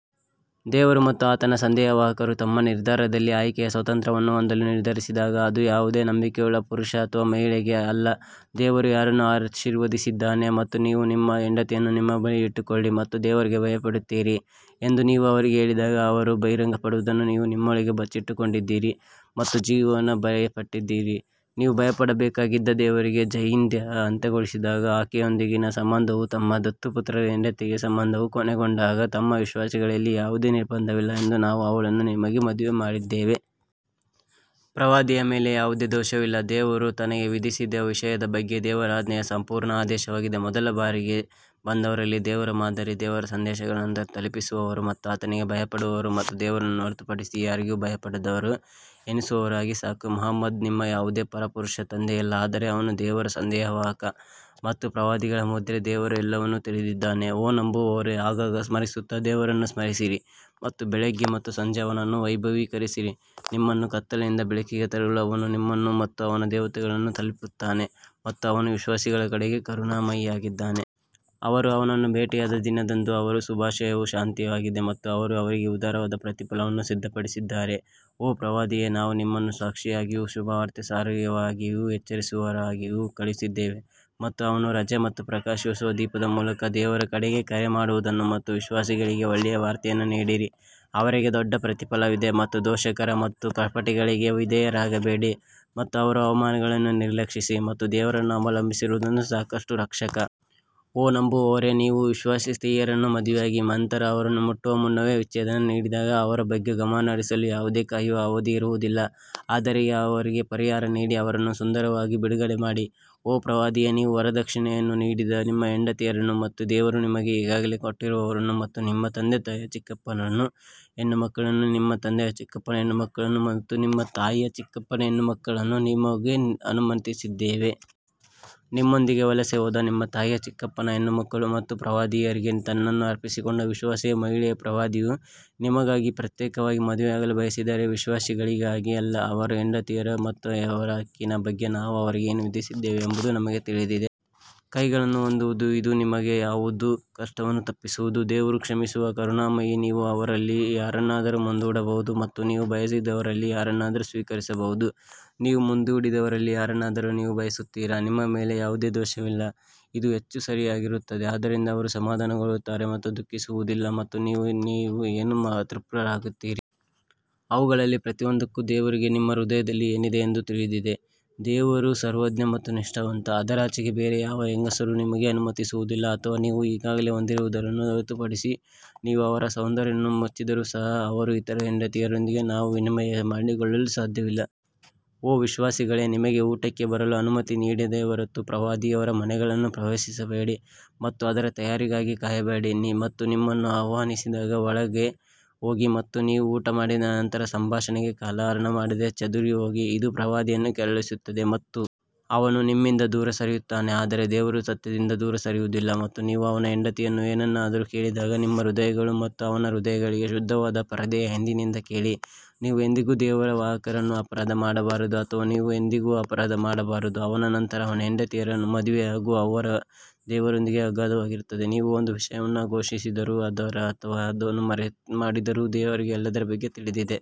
ದೇವರು ಮತ್ತು ಆತನ ಸಂದೇಶವಾಹಕರು ತಮ್ಮ ನಿರ್ಧಾರದಲ್ಲಿ ಆಯ್ಕೆಯ ಸ್ವಾತಂತ್ರ್ಯವನ್ನು ಹೊಂದಲು ನಿರ್ಧರಿಸಿದಾಗ ಅದು ಯಾವುದೇ ನಂಬಿಕೆಯುಳ್ಳ ಪುರುಷ ಅಥವಾ ಮಹಿಳೆಗೆ ಅಲ್ಲ ದೇವರು ಯಾರನ್ನು ಆಶೀರ್ವದಿಸಿದ್ದಾನೆ ಮತ್ತು ನೀವು ನಿಮ್ಮ ಹೆಂಡತಿಯನ್ನು ನಿಮ್ಮ ಬಳಿ ಇಟ್ಟುಕೊಳ್ಳಿ ಮತ್ತು ದೇವರಿಗೆ ಭಯಪಡುತ್ತೀರಿ ಎಂದು ನೀವು ಅವರಿಗೆ ಹೇಳಿದಾಗ ದೇವರು ಬಹಿರಂಗಪಡಿಸುವದನ್ನು ನೀವು ನಿಮ್ಮೊಳಗೆ ಬಚ್ಚಿಟ್ಟುಕೊಂಡಿದ್ದೀರಿ ಮತ್ತು ನೀವು ಜನರಿಗೆ ಭಯಪಟ್ಟಿದ್ದೀರಿ ಆದರೆ ನೀವು ಭಯಪಡಬೇಕಾಗಿದ್ದ ದೇವರಿಗೆ ಜೈದ್ ಅಂತ್ಯಗೊಳಿಸಿದಾಗ ಆಕೆಯೊಂದಿಗಿನ ಸಂಬಂಧವು ತಮ್ಮ ದತ್ತುಪುತ್ರರ ಹೆಂಡತಿಯರ ಸಂಬಂಧವು ಕೊನೆಗೊಂಡಾಗ ವಿಶ್ವಾಸಿಗಳಿಗೆ ಯಾವುದೇ ನಿರ್ಬಂಧವಿಲ್ಲ ಎಂದು ನಾವು ಅವಳನ್ನು ನಿಮಗೆ ಮದುವೆ ಮಾಡಿದ್ದೇವೆ. ಪ್ರವಾದಿಯ ಮೇಲೆ ಯಾವುದೇ ದೋಷವಿಲ್ಲ, ದೇವರು ತನಗೆ ವಿಧಿಸಿದ ವಿಷಯದ ಬಗ್ಗೆ ದೇವರ ಆಜ್ಞೆಯು ಸಂಪೂರ್ಣ ಆದೇಶವಾಗಿದೆ ಮೊದಲು ಜಾರಿಗೆ ಬಂದವರಲ್ಲಿ ದೇವರ ಮಾದರಿ ದೇವರ ಸಂದೇಶಗಳನ್ನು ತಲುಪಿಸುವವರು ಮತ್ತು ಆತನಿಗೆ ಭಯಪಡುವವರು ಮತ್ತು ದೇವರನ್ನು ಹೊರತುಪಡಿಸಿ ಯಾರಿಗೂ ಭಯಪಡದವರು ಎಣಿಸುವವರಾಗಿ ಸಾಕು. ಮುಹಮ್ಮದ್ ನಿಮ್ಮ ಯಾವುದೇ ಪುರುಷರ ತಂದೆಯಲ್ಲ ಆದರೆ ಅವನು ದೇವರ ಸಂದೇಶವಾಹಕ ಮತ್ತು ಪ್ರವಾದಿಗಳ ಮುದ್ರೆ ದೇವರು ಎಲ್ಲವನ್ನೂ ತಿಳಿದಿದ್ದಾನೆ ಓ ನಂಬುವವರೇ ಆಗಾಗ ಸ್ಮರಿಸುತ್ತಾ ದೇವರನ್ನು ಸ್ಮರಿಸಿರಿ ಮತ್ತು ಬೆಳಿಗ್ಗೆ ಮತ್ತು ಸಂಜೆ ಅವನನ್ನು ವೈಭವೀಕರಿಸಿ ನಿಮ್ಮನ್ನು ಕತ್ತಲೆಯಿಂದ ಬೆಳಕಿಗೆ ತರಲು ಅವನು ನಿಮ್ಮನ್ನು ಮತ್ತು ಅವನ ದೇವತೆಗಳನ್ನು ತಲುಪುತ್ತಾನೆ ಮತ್ತು ಅವನು ವಿಶ್ವಾಸಿಗಳ ಕಡೆಗೆ ಕರುಣಾಮಯಿಯಾಗಿದ್ದಾನೆ. ಅವರು ಅವನನ್ನು ಭೇಟಿಯಾದ ದಿನದಂದು ಅವರ ಶುಭಾಶಯವು ಶಾಂತಿಯಾಗಿದೆ ಮತ್ತು ಅವರು ಅವರಿಗೆ ಉದಾರವಾದ ಪ್ರತಿಫಲವನ್ನು ಸಿದ್ಧಪಡಿಸಿದ್ದಾರೆ ಓ ಪ್ರವಾದಿಯೇ ನಾವು ನಿಮ್ಮನ್ನು ಸಾಕ್ಷಿಯಾಗಿಯೂ ಶುಭವಾರ್ತೆ ಸಾರುವವರಾಗಿಯೂ ಎಚ್ಚರಿಸುವವರಾಗಿಯೂ ಕಳುಹಿಸಿದ್ದೇವೆ ಮತ್ತು ಅವನ ರಜೆ ಮತ್ತು ಪ್ರಕಾಶಿಸುವ ದೀಪದ ಮೂಲಕ ದೇವರ ಕಡೆಗೆ ಕರೆ ಮಾಡುವವನು ಮತ್ತು ವಿಶ್ವಾಸಿಗಳಿಗೆ ಒಳ್ಳೆಯ ವಾರ್ತೆಯನ್ನು ನೀಡಿರಿ, ಅವರಿಗೆ ದೊಡ್ಡ ಪ್ರತಿಫಲವಿದೆ ಮತ್ತು ದೂಷಕರು ಮತ್ತು ಕಪಟಿಗಳಿಗೆ ವಿಧೇಯರಾಗಬೇಡಿ ಮತ್ತು ಅವರ ಅವಮಾನಗಳನ್ನು ನಿರ್ಲಕ್ಷಿಸಿ ಮತ್ತು ದೇವರನ್ನು ಅವಲಂಬಿಸಿರುವುದು ಸಾಕಷ್ಟು ರಕ್ಷಕ. ಓ ನಂಬುವವರೇ, ನೀವು ವಿಶ್ವಾಸಿ ಸ್ತ್ರೀಯರನ್ನು ಮದುವೆಯಾಗಿ ನಂತರ ಅವರನ್ನು ಮುಟ್ಟುವ ಮುನ್ನವೇ ವಿಚ್ಛೇದನ ನೀಡಿದಾಗ ಅವರ ಬಗ್ಗೆ ಗಮನಹರಿಸಲು ಯಾವುದೇ ಕಾಯುವ ಅವಧಿ ಇರುವುದಿಲ್ಲ ಆದರೆ ಅವರಿಗೆ ಪರಿಹಾರ ನೀಡಿ ಅವರನ್ನು ಸುಂದರವಾಗಿ ಬಿಡುಗಡೆ ಮಾಡಿ. ಓ ಪ್ರವಾದಿಯೇ, ನೀವು ವರದಕ್ಷಿಣೆಯನ್ನು ನೀಡಿದ ನಿಮ್ಮ ಹೆಂಡತಿಯರನ್ನು ಮತ್ತು ದೇವರು ನಿಮಗೆ ಈಗಾಗಲೇ ಕೊಟ್ಟಿರುವವರನ್ನು ಮತ್ತು ನಿಮ್ಮ ತಂದೆಯ ಚಿಕ್ಕಪ್ಪನ ಹೆಣ್ಣುಮಕ್ಕಳು ಮತ್ತು ನಿಮ್ಮ ತಂದೆಯ ಚಿಕ್ಕಮ್ಮನ ಹೆಣ್ಣುಮಕ್ಕಳು ಮತ್ತು ನಿಮ್ಮ ತಾಯಿಯ ಚಿಕ್ಕಪ್ಪನ ಹೆಣ್ಣುಮಕ್ಕಳನ್ನು ನಾವು ನಿಮಗೆ ಅನುಮತಿಸಿದ್ದೇವೆ. ನಿಮ್ಮೊಂದಿಗೆ ವಲಸೆ ಹೋದ ನಿಮ್ಮ ತಾಯಿಯ ಚಿಕ್ಕಮ್ಮನ ಹೆಣ್ಣುಮಕ್ಕಳು ಮತ್ತು ಪ್ರವಾದಿಯವರಿಗೆ ತನ್ನನ್ನು ಅರ್ಪಿಸಿಕೊಂಡ ವಿಶ್ವಾಸಿ ಮಹಿಳೆಯನ್ನು ಪ್ರವಾದಿಯು ನಿಮಗಾಗಿ ಪ್ರತ್ಯೇಕವಾಗಿ ಮದುವೆಯಾಗಲು ಬಯಸಿದರೆ, ವಿಶ್ವಾಸಿಗಳಿಗಾಗಿ ಅಲ್ಲ, ಅವರ ಹೆಂಡತಿಯರು ಮತ್ತು ಅವರ ಹಕ್ಕಿನ ಬಗ್ಗೆ ನಾವು ಅವರಿಗೆ ಏನು ವಿಧಿಸಿದ್ದೇವೆ ಎಂಬುದು ನಮಗೆ ತಿಳಿದಿದೆ. ಕೈಗಳನ್ನು ಹೊಂದುವುದು ಇದು ನಿಮಗೆ ಯಾವುದೇ ಕಷ್ಟವನ್ನು ತಪ್ಪಿಸುವುದು ದೇವರು ಕ್ಷಮಿಸುವ ಮತ್ತು ಕರುಣಾಮಯಿ ನೀವು ಅವರಲ್ಲಿ ಯಾರನ್ನಾದರೂ ಮುಂದೂಡಬಹುದು ಮತ್ತು ನೀವು ಬಯಸಿದವರಲ್ಲಿ ಯಾವುದನ್ನಾದರೂ ಸ್ವೀಕರಿಸಬಹುದು, ನೀವು ಮುಂದೂಡಿದವರಲ್ಲಿ ಯಾರನ್ನಾದರೂ ನೀವು ಬಯಸುತ್ತೀರಾ, ನಿಮ್ಮ ಮೇಲೆ ಯಾವುದೇ ದೋಷವಿಲ್ಲ, ಇದು ಹೆಚ್ಚು ಸರಿಯಾಗಿರುತ್ತದೆ ಆದ್ದರಿಂದ ಅವರು ಸಮಾಧಾನಗೊಳ್ಳುತ್ತಾರೆ ಮತ್ತು ದುಃಖಿಸುವುದಿಲ್ಲ ಮತ್ತು ನೀವು ಏನು ತೃಪ್ತರಾಗುತ್ತೀರಿ. ಅವುಗಳಲ್ಲಿ ಪ್ರತಿಯೊಂದಕ್ಕೂ ದೇವರಿಗೆ ನಿಮ್ಮ ಹೃದಯದಲ್ಲಿ ಏನಿದೆ ಎಂದು ತಿಳಿದಿದೆ, ದೇವರು ಸರ್ವಜ್ಞ ಮತ್ತು ನಿಷ್ಠಾವಂತ ಅದರಾಚೆಗೆ ಬೇರೆ ಯಾವ ಹೆಂಗಸರೂ ನಿಮಗೆ ಅನುಮತಿಸುವುದಿಲ್ಲ ಅಥವಾ ನೀವು ಈಗಾಗಲೇ ಹೊಂದಿರುವವರನ್ನು ಹೊರತುಪಡಿಸಿ ನೀವು ಅವರ ಸೌಂದರ್ಯವನ್ನು ಮೆಚ್ಚಿದರೂ ಸಹ ನೀವು ಇತರ ಹೆಂಡತಿಯರಿಗೆ ಅವರನ್ನು ವಿನಿಮಯ ಮಾಡಿಕೊಳ್ಳಲು ಸಾಧ್ಯವಿಲ್ಲ. ಓ ವಿಶ್ವಾಸಿಗಳೇ ನಿಮಗೆ ಊಟಕ್ಕೆ ಬರಲು ಅನುಮತಿ ನೀಡದ ಹೊರತು ಪ್ರವಾದಿಯವರ ಮನೆಗಳನ್ನು ಪ್ರವೇಶಿಸಬೇಡಿ ಮತ್ತು ಅದರ ತಯಾರಿಗಾಗಿ ಕಾಯಬೇಡಿ ಮತ್ತು ನಿಮ್ಮನ್ನು ಆಹ್ವಾನಿಸಿದಾಗ ಒಳಗೆ ಹೋಗಿ ಮತ್ತು ನೀವು ಊಟ ಮಾಡಿದ ನಂತರ ಸಂಭಾಷಣೆಗೆ ಕಾಲಹರಣ ಮಾಡದೆ ಚದುರಿಹೋಗಿ ಇದು ಪ್ರವಾದಿಯನ್ನು ಕೆರಳಿಸುತ್ತದೆ. ಮತ್ತು ಅವನು ನಿಮ್ಮಿಂದ ದೂರ ಸರಿಯುತ್ತಾನೆ ಆದರೆ ದೇವರು ಸತ್ಯದಿಂದ ದೂರ ಸರಿಯುವುದಿಲ್ಲ ಮತ್ತು ನೀವು ಅವನ ಹೆಂಡತಿಯರನ್ನು ಏನನ್ನಾದರೂ ಕೇಳಿದಾಗ ನಿಮ್ಮ ಹೃದಯಗಳು ಮತ್ತು ಅವರ ಹೃದಯಗಳಿಗೆ ಶುದ್ಧವಾದ ಪರದೆಯ ಹಿಂದಿನಿಂದ ಕೇಳಿ, ನೀವು ಎಂದಿಗೂ ದೇವರ ಸಂದೇಶವಾಹಕರನ್ನು ಅಪರಾಧ ಮಾಡಬಾರದು ಅಥವಾ ನೀವು ಎಂದಿಗೂ ಅಪರಾಧ ಮಾಡಬಾರದು ಅವನ ನಂತರ ಅವನ ಹೆಂಡತಿಯರನ್ನು ಮದುವೆಯಾಗು ಅದು ದೇವರೊಂದಿಗೆ ಅಗಾಧವಾಗಿರುತ್ತದೆ ನೀವು ಒಂದು ವಿಷಯವನ್ನು ಘೋಷಿಸಿದರೂ ಅಥವಾ ಅದನ್ನು ಮರೆಮಾಡಿದರೂ ದೇವರಿಗೆ ಎಲ್ಲದರ ಬಗ್ಗೆ ತಿಳಿದಿದೆ.